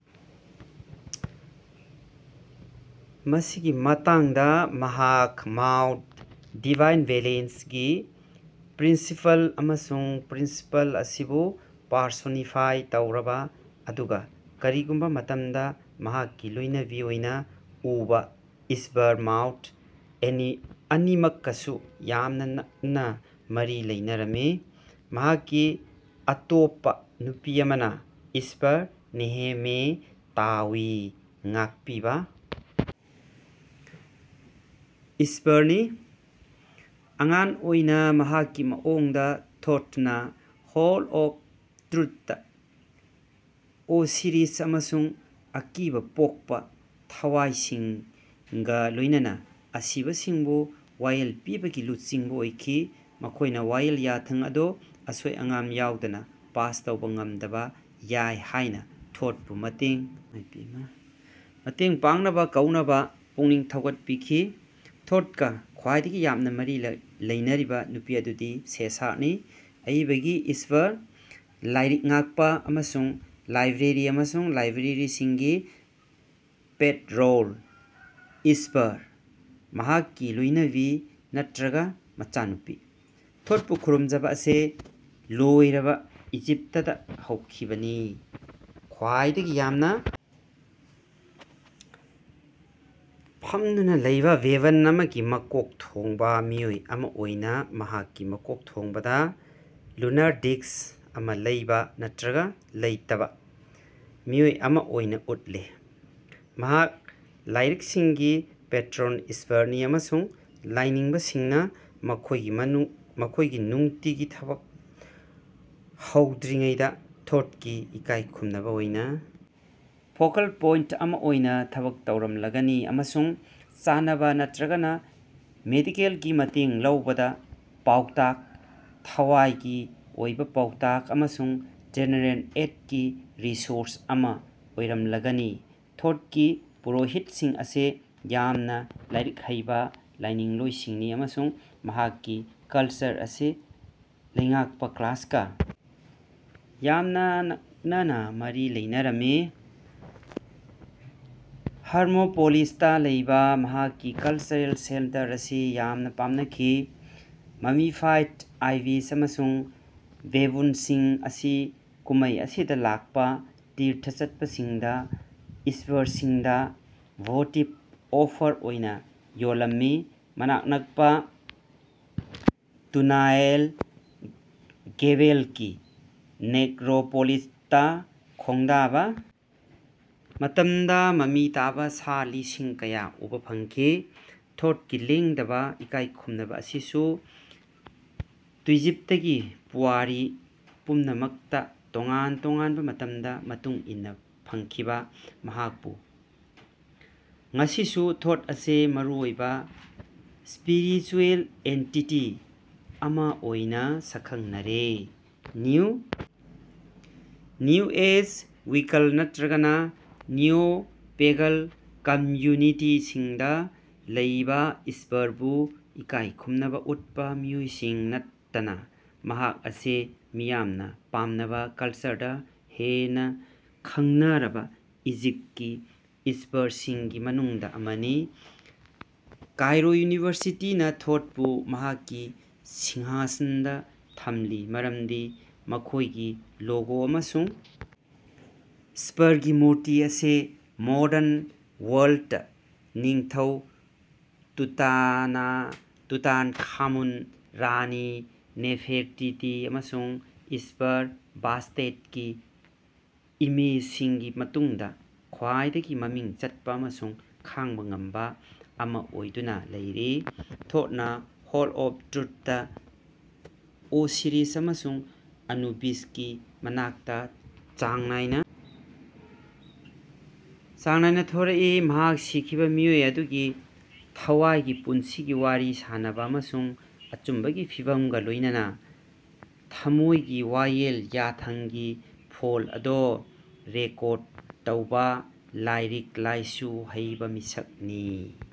ꯃꯁꯤꯒꯤ ꯃꯇꯥꯡꯗ ꯃꯍꯥꯛ ꯃꯥꯑꯥꯠ (ꯗꯤꯚꯥꯏꯟ ꯕꯦꯂꯦꯟꯁ)ꯒꯤ ꯄ꯭ꯔꯤꯟꯁꯤꯄꯜ ꯑꯃꯁꯨꯡ ꯄ꯭ꯔꯤꯟꯁꯤꯄꯜ ꯑꯁꯤꯕꯨ ꯄꯔꯁꯣꯅꯤꯐꯥꯏ ꯇꯧꯔꯕꯥ ꯑꯗꯨꯒꯥ ꯀꯔꯤꯒꯨꯝꯕꯥ ꯃꯇꯃꯗꯥ ꯃꯍꯥꯛꯀꯤ ꯂꯣꯏꯅꯕꯤ ꯑꯣꯏꯅꯥ ꯎꯕ ꯏꯁ꯭ꯕꯔ ꯃꯥꯑꯥꯠ ꯑꯅꯤꯃꯛꯀꯥꯁꯨ ꯌꯥꯝꯅꯥ ꯅꯛꯅꯥ ꯃꯔꯤ ꯂꯩꯅꯔꯝꯃꯤ꯫ ꯃꯍꯥꯛꯀꯤ ꯑꯇꯣꯞꯄꯥ ꯅꯨꯄꯤ ꯑꯃꯅꯥ ꯏꯁ꯭ꯕꯔ ꯅꯦꯍꯦꯃꯦꯇꯥꯋꯤ ꯉꯥꯛꯄꯤꯕꯥ ꯏꯁ꯭ꯕꯔꯅꯤ꯫ꯑꯉꯥꯟ ꯑꯣꯏꯅꯥ ꯃꯍꯥꯛꯀꯤ ꯃꯑꯣꯡꯗꯥ ꯊꯣꯊꯅꯥ ꯍꯣꯜ ꯑꯣꯐ ꯇ꯭ꯔꯨꯊꯇꯥ ꯑꯣꯁꯤꯔꯤꯁ ꯑꯃꯁꯨꯡ ꯑꯀꯤꯕꯥ ꯄꯣꯛꯄꯥ ꯊꯋꯥꯏꯁꯤꯡꯒꯥ ꯂꯣꯏꯅꯅꯥ ꯑꯁꯤꯕꯁꯤꯡꯕꯨ ꯋꯥꯌꯦꯜ ꯄꯤꯕꯒꯤ ꯂꯨꯆꯤꯡꯕꯥ ꯑꯣꯏꯈꯤ꯫ ꯃꯈꯣꯏꯅꯥ ꯋꯥꯌꯦꯜ ꯌꯥꯊꯪ ꯑꯗꯨ ꯑꯁꯣꯏ ꯑꯉꯥꯝ ꯌꯥꯎꯗꯅꯥ ꯄꯥꯁ ꯇꯧꯕꯥ ꯉꯃꯗꯕꯥ ꯌꯥꯏ ꯍꯥꯌꯅꯥ ꯊꯣꯊꯄꯨ ꯃꯇꯦꯡ ꯄꯥꯡꯅꯕꯥ ꯀꯧꯅꯕꯥ ꯄꯨꯛꯅꯤꯡ ꯊꯧꯒꯠꯈꯤ꯫ꯊꯣꯊꯀꯥ ꯈꯋꯥꯏꯗꯒꯤ ꯌꯥꯝꯅꯥ ꯃꯔꯤ ꯂꯩꯅꯔꯤꯕꯥ ꯅꯨꯄꯤ ꯑꯗꯨꯗꯤ ꯁꯦꯁꯥꯠꯅꯤ, ꯑꯏꯕꯒꯤ ꯏꯁ꯭ꯕꯔ, ꯂꯥꯏꯔꯤꯛ ꯉꯥꯛꯄꯥ, ꯑꯃꯁꯨꯡ ꯂꯥꯏꯕ꯭ꯔꯦꯔꯤ ꯑꯃꯁꯨꯡ ꯂꯥꯏꯕ꯭ꯔꯦꯔꯤꯁꯤꯡꯒꯤ ꯄꯦꯠꯔꯣꯟ ꯏꯁ꯭ꯕꯔ, ꯃꯍꯥꯛꯀꯤ ꯂꯣꯌꯅꯕꯤ ꯅꯠꯔꯒꯥ ꯃꯆꯥꯅꯨꯄꯤ꯫ ꯊꯣꯊꯄꯨ ꯈꯨꯔꯨꯃꯖꯕꯥ ꯑꯁꯤ ꯂꯣꯌꯔꯕꯥ ꯏꯖꯤꯞꯇꯇꯥ ꯍꯧꯈꯤꯕꯅꯤ ꯈꯋꯥꯏꯗꯒꯤ ꯌꯥꯝꯅꯥ ꯕꯦꯕꯟ ꯑꯃꯒꯤ ꯃꯀꯣꯛ ꯊꯣꯡꯕꯥ ꯃꯤꯑꯣꯏ ꯑꯃꯥ ꯑꯣꯏꯅ ꯃꯍꯥꯛꯀꯤ ꯃꯀꯣꯛꯊꯣꯡꯕꯗꯥ ꯂꯨꯅꯥꯔ ꯗꯤꯁ꯭ꯛ ꯑꯃꯥ ꯂꯩꯕꯥ ꯅꯠꯇ꯭ꯔꯒ ꯂꯩꯇꯕꯥ ꯃꯤꯑꯣꯏ ꯑꯃꯥ ꯑꯣꯏꯅꯥ ꯎꯠꯂꯤ꯫ ꯃꯍꯥꯛ ꯂꯥꯏꯔꯤꯛꯁꯤꯡꯒꯤ ꯄꯦꯠꯔꯣꯟ ꯏꯁ꯭ꯕꯔꯅꯤ ꯑꯃꯁꯨꯡ ꯂꯥꯏꯅꯤꯡꯕꯁꯤꯡꯅꯥ ꯃꯈꯣꯏꯒꯤ ꯅꯨꯡꯇꯤꯒꯤ ꯊꯕꯛ ꯍꯧꯗ꯭ꯔꯤꯉꯩꯗꯥ ꯊꯣꯊꯀꯤ ꯏꯀꯥꯌ ꯈꯨꯝꯅꯕꯥ ꯑꯣꯏꯅꯥ ꯑꯃꯥ ꯑꯣꯏꯅꯥ ꯊꯕꯛ ꯇꯧꯔꯝꯂꯒꯅꯤ ꯑꯃꯁꯨꯡ ꯆꯥꯅꯕꯥ ꯅꯠꯔꯒꯥ ꯃꯦꯗꯤꯀꯦꯂꯒꯤ ꯃꯇꯦꯡ ꯂꯧꯕꯗꯥ ꯄꯥꯎꯇꯥꯛ, ꯊꯋꯥꯌꯒꯤ ꯑꯣꯏꯕꯥ ꯄꯥꯎꯇꯥꯛ ꯑꯃꯁꯨꯡ ꯖꯦꯅꯔꯦꯜ ꯑꯦꯗꯀꯤ ꯔꯤꯁꯣꯔꯁ ꯑꯃꯥ ꯑꯣꯏꯔꯝꯂꯒꯅꯤ꯫ ꯊꯣꯊꯀꯤ ꯄꯨꯔꯣꯍꯤꯠꯁꯤꯡ ꯑꯁꯤ ꯌꯥꯝꯅꯥ ꯂꯥꯏꯔꯤꯛ ꯍꯩꯕꯥ ꯂꯥꯏꯅꯤꯡꯂꯣꯌꯁꯤꯡꯅꯤ ꯑꯃꯁꯨꯡ ꯃꯍꯥꯛꯀꯤ ꯀꯂꯆꯔ ꯑꯁꯤ ꯂꯩꯉꯥꯛꯄꯥ ꯀ꯭ꯂꯥꯁꯀꯥ ꯌꯥꯝꯅꯥ ꯅꯛꯅꯥ ꯃꯔꯤ ꯂꯩꯅꯔꯝꯃꯤ꯫ ꯍꯔꯃꯣꯄꯣꯂꯤꯁꯇꯥ ꯂꯩꯕꯥ ꯃꯍꯥꯛꯀꯤ ꯀꯂꯆꯔꯦꯜ ꯁꯦꯟꯇꯔ ꯑꯁꯤ ꯌꯥꯝꯅꯥ ꯄꯥꯝꯅꯈꯤ꯫ ꯃꯃꯤꯐꯥꯏꯗ ꯑꯥꯏꯕꯤꯁ ꯑꯃꯁꯨꯡ ꯕꯦꯕꯨꯅꯁꯤꯡ ꯑꯁꯤ ꯀꯨꯝꯃꯩ ꯑꯁꯤꯗꯥ ꯂꯥꯀꯄꯥ ꯇꯤꯔꯊ ꯆꯠꯄꯁꯤꯡꯗꯥ ꯏꯁ꯭ꯕꯔꯁꯤꯡꯗꯥ ꯚꯣꯇꯤꯕ ꯑꯣꯐꯔ ꯑꯣꯏꯅꯥ ꯌꯣꯜꯂꯝꯃꯤ꯫ ꯃꯅꯥꯛ ꯅꯀꯄꯥ ꯇꯨꯅꯥ ꯑꯦꯜ-ꯒꯦꯕꯦꯂꯒꯤ ꯅꯦꯛꯔꯣꯄꯣꯂꯤꯁꯇꯥ ꯈꯣꯡꯗꯥꯕꯥ ꯃꯇꯃꯗꯥ ꯃꯃꯤ ꯇꯥꯕꯥ ꯁꯥ ꯂꯤꯁꯤꯡ ꯀꯌꯥ ꯎꯕꯥ ꯐꯪꯈꯤ꯫ ꯊꯣꯊꯀꯤ ꯂꯦꯡꯗꯕꯥ ꯏꯀꯥꯏ ꯈꯨꯝꯅꯕꯥ ꯑꯁꯤꯁꯨ ꯇꯨꯏꯖꯤꯞꯇꯀꯤ ꯄꯨꯋꯥꯔꯤ ꯄꯨꯝꯅꯃꯛꯇꯥ ꯇꯣꯉꯥꯟ ꯇꯣꯉꯥꯅꯕꯥ ꯃꯇꯃꯒꯤ ꯃꯇꯨꯡ ꯏꯟꯅꯥ ꯐꯪꯈꯤꯕꯥ ꯃꯍꯥꯀꯄꯨ꯫ ꯉꯁꯤꯁꯨ ꯊꯣꯠ ꯑꯁꯤ ꯃꯔꯨꯑꯣꯏꯕꯥ ꯁ꯭ꯄꯤꯔꯤꯆꯨꯑꯦꯜ ꯑꯦꯟꯇꯤꯇꯤ ꯑꯃꯥ ꯑꯣꯏꯅꯥ ꯁꯀꯈꯉꯅꯔꯦ꯫ ꯅ꯭ꯌꯨ ꯑꯦꯖ, ꯋꯤꯀꯥꯟ ꯅꯠꯔꯒꯥ ꯅꯤꯑꯣ-ꯄꯦꯒꯥꯟ ꯀꯝꯝꯌꯨꯅꯤꯇꯤꯁꯤꯡꯗꯥ ꯂꯩꯕꯥ ꯏꯁ꯭ꯕꯔꯕꯨ ꯏꯀꯥꯌ ꯈꯨꯝꯅꯕꯥ ꯎꯠꯄꯥ ꯃꯤꯑꯣꯏꯁꯤꯡ ꯅꯠꯇꯅꯥ ꯃꯍꯥꯛ ꯑꯁꯤ ꯃꯤꯌꯥꯝꯅꯥ ꯄꯥꯝꯅꯕꯥ ꯀꯂꯆꯔꯗꯥ ꯍꯦꯟꯅꯥ ꯈꯉꯅꯔꯕꯥ ꯏꯖꯤꯞꯇꯀꯤ ꯏꯁ꯭ꯕꯔꯁꯤꯡꯒꯤ ꯃꯅꯨꯡꯗꯥ ꯑꯃꯅꯤ꯫ ꯀꯥꯏꯔꯣ ꯌꯨꯅꯤꯚꯔꯁꯤꯇꯤꯅꯥ ꯊꯣꯊꯄꯨ ꯃꯍꯥꯛꯀꯤ ꯁꯤꯡꯍꯥꯁꯟꯗꯥ ꯊꯝꯂꯤ ꯃꯔꯃꯗꯤ ꯃꯈꯣꯌꯒꯤ ꯂꯣꯒꯣ ꯑꯃꯁꯨꯡ ꯏꯁ꯭ꯕꯔꯒꯤ ꯃꯨꯔꯇꯤ ꯑꯁꯤ ꯃꯣꯗꯔꯟ ꯋꯥꯔꯜꯗꯇꯥ ꯅꯤꯡꯊꯧ ꯇꯨꯇꯥꯅꯈꯥꯃꯨꯟ, ꯔꯥꯅꯤ ꯅꯦꯐꯦꯔꯇꯤꯇꯤ ꯑꯃꯁꯨꯡ ꯏꯁ꯭ꯕꯔ ꯕꯥꯁ꯭ꯇꯦꯠꯀꯤ ꯏꯃꯦꯖꯁꯤꯡꯒꯤ ꯃꯇꯨꯡꯗꯥ ꯈ꯭ꯕꯥꯏꯗꯒꯤ ꯃꯃꯤꯡ ꯆꯠꯄꯥ ꯑꯃꯁꯨꯡ ꯈꯉꯕꯥ ꯉꯝꯕꯥ ꯑꯃꯥ ꯑꯣꯏꯗꯨꯅꯥ ꯂꯩꯔꯤ꯫ ꯊꯣꯊꯅꯥ ꯍꯣꯜ ꯑꯣꯐ ꯇ꯭ꯔꯨꯊꯇꯥ ꯑꯣꯁꯤꯔꯤꯁ ꯑꯃꯁꯨꯡ ꯑꯅꯨꯕꯤꯁꯀꯤ ꯃꯅꯥꯛꯇ ꯆꯥꯡ ꯅꯥꯏꯅ ꯊꯣꯔꯛꯏ, ꯃꯍꯥꯛ ꯁꯤꯈꯤꯕꯥ ꯃꯤꯑꯣꯏ ꯑꯗꯨꯒꯤ ꯊꯋꯥꯌꯒꯤ ꯄꯨꯟꯁꯤꯒꯤ ꯋꯥꯔꯤ ꯁꯥꯅꯕ ꯑꯃꯁꯨꯡ ꯑꯆꯨꯝꯕꯒꯤ ꯐꯤꯕꯝꯒꯥ ꯂꯣꯌꯅꯅꯥ ꯊꯝꯃꯣꯌꯒꯤ ꯋꯥꯌꯦꯜ ꯌꯥꯊꯪꯒꯤ ꯐꯜ ꯑꯗꯨ ꯔꯦꯀꯣꯔꯗ ꯇꯧꯕꯥ ꯂꯥꯏꯔꯤꯛ ꯂꯥꯏꯁꯨ ꯍꯩꯕꯥ ꯃꯤꯁꯛ ꯅꯤ꯫